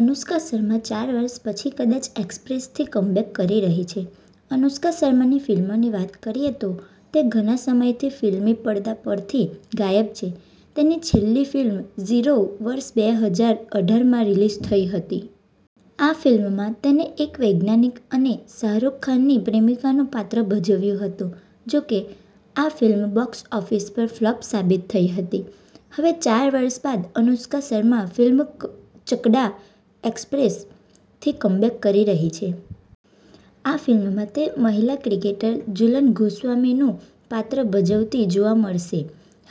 અનુષ્કા શર્મા ચાર વર્ષ પછી ચકદા એક્સપ્રેસથી કમબેક કરી રહી છે: અનુષ્કા શર્માની ફિલ્મોની વાત કરીએ તો તે ઘણા સમયથી ફિલ્મી પડદા પરથી ગાયબ છે. તેની છેલ્લી ફિલ્મ 'ઝીરો' વર્ષ બે હજાર અઢાર માં રિલીઝ થઈ હતી. આ ફિલ્મમાં તેણે એક વૈજ્ઞાનિક અને શાહરૂખ ખાનની પ્રેમિકાનું પાત્ર ભજવ્યું હતું. જોકે, આ ફિલ્મ બોક્સ ઓફિસ પર ફ્લોપ સાબિત થઈ હતી. હવે ચાર વર્ષ બાદ અનુષ્કા શર્મા ફિલ્મ 'ચકદા એક્સપ્રેસ'થી કમબેક કરી રહી છે. આ ફિલ્મમાં તે મહિલા ક્રિકેટર ઝુલન ગોસ્વામીનું પાત્ર ભજવતી જોવા મળશે.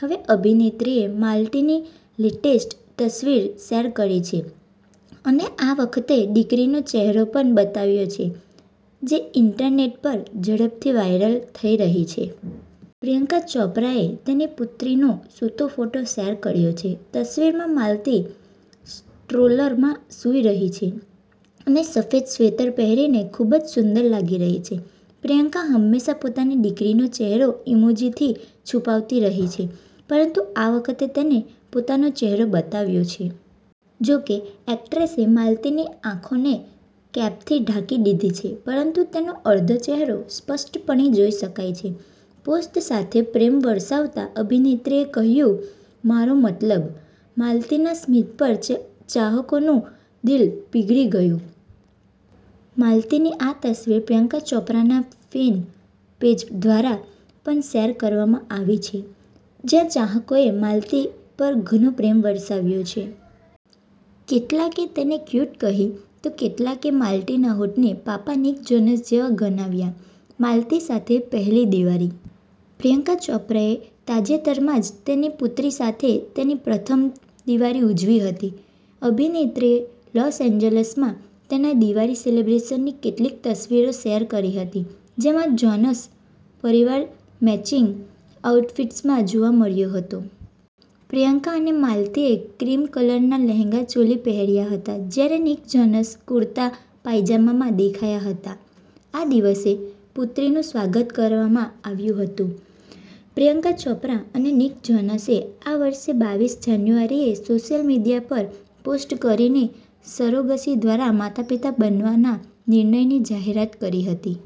હવે અભિનેત્રીએ માલતીની લેટેસ્ટ તસવીર શેર કરી છે અને આ વખતે દીકરીનો ચહેરો પણ બતાવ્યો છે, જે ઈન્ટરનેટ પર ઝડપથી વાયરલ થઈ રહ્યો છે. પ્રિયંકા ચોપરાએ તેની પુત્રીનો સૂતો ફોટો શેર કર્યો છે. તસવીરમાં માલતી સ્ટ્રોલરમાં સૂઈ રહી છે અને સફેદ સ્વેટર પહેરીને ખૂબ જ સુંદર લાગી રહી છે. પ્રિયંકા હંમેશા પોતાની દીકરીનો ચહેરો ઈમોજીથી છુપાવતી રહી છે, પરંતુ આ વખતે તેણે પોતાનો ચહેરો બતાવ્યો છે. જોકે એક્ટ્રેસે માલતીની આંખોને કેપથી ઢાંકી દીધી છે, પરંતુ તેનો અડધો ચહેરો સ્પષ્ટપણે જોઈ શકાય છે. પોસ્ટ સાથે પ્રેમ વરસાવતા અભિનેત્રીએ લખ્યું, "મારો મતલબ" માલતીના સ્મિત પર ચાહકોનું દિલ પીઘળી ગયું: માલતીની આ તસવીર પ્રિયંકા ચોપરાના ફેન પેજ દ્વારા પણ શેર કરવામાં આવી છે, જ્યાં ચાહકોએ માલતી પર ઘણો પ્રેમ વરસાવ્યો છે. કેટલાકે તેને ક્યૂટ કહી તો કેટલાકે માલતીના હોઠને પાપા નિક જોનાસ જેવા ગણાવ્યા. માલતી સાથે પહેલી દિવાળી: પ્રિયંકા ચોપરાએ તાજેતરમાં જ તેની પુત્રી સાથે તેની પ્રથમ દિવાળી ઉજવી હતી. અભિનેત્રીએ લોસ એન્જલસમાં તેના દિવાળી સેલિબ્રેશનની કેટલીક તસવીરો શેર કરી હતી, જેમાં જોનાસ પરિવાર મેચિંગ આઉટફિટ્સમાં જોવા મળ્યો હતો. પ્રિયંકા અને માલતીએ ક્રીમ કલરના લહેંગા ચોલી પહેર્યા હતા, જ્યારે નિક જોનાસ કુર્તા પાયજામામાં દેખાયા હતા. આ દિવસે પુત્રીનું સ્વાગત કરવામાં આવ્યું હતું: પ્રિયંકા ચોપરા અને નિક જોનાસે આ વર્ષે બાવીસ જાન્યુઆરીએ સોશિયલ મીડિયા પર પોસ્ટ કરીને સરોગસી દ્વારા માતાપિતા બનવાના નિર્ણયની જાહેરાત કરી હતી.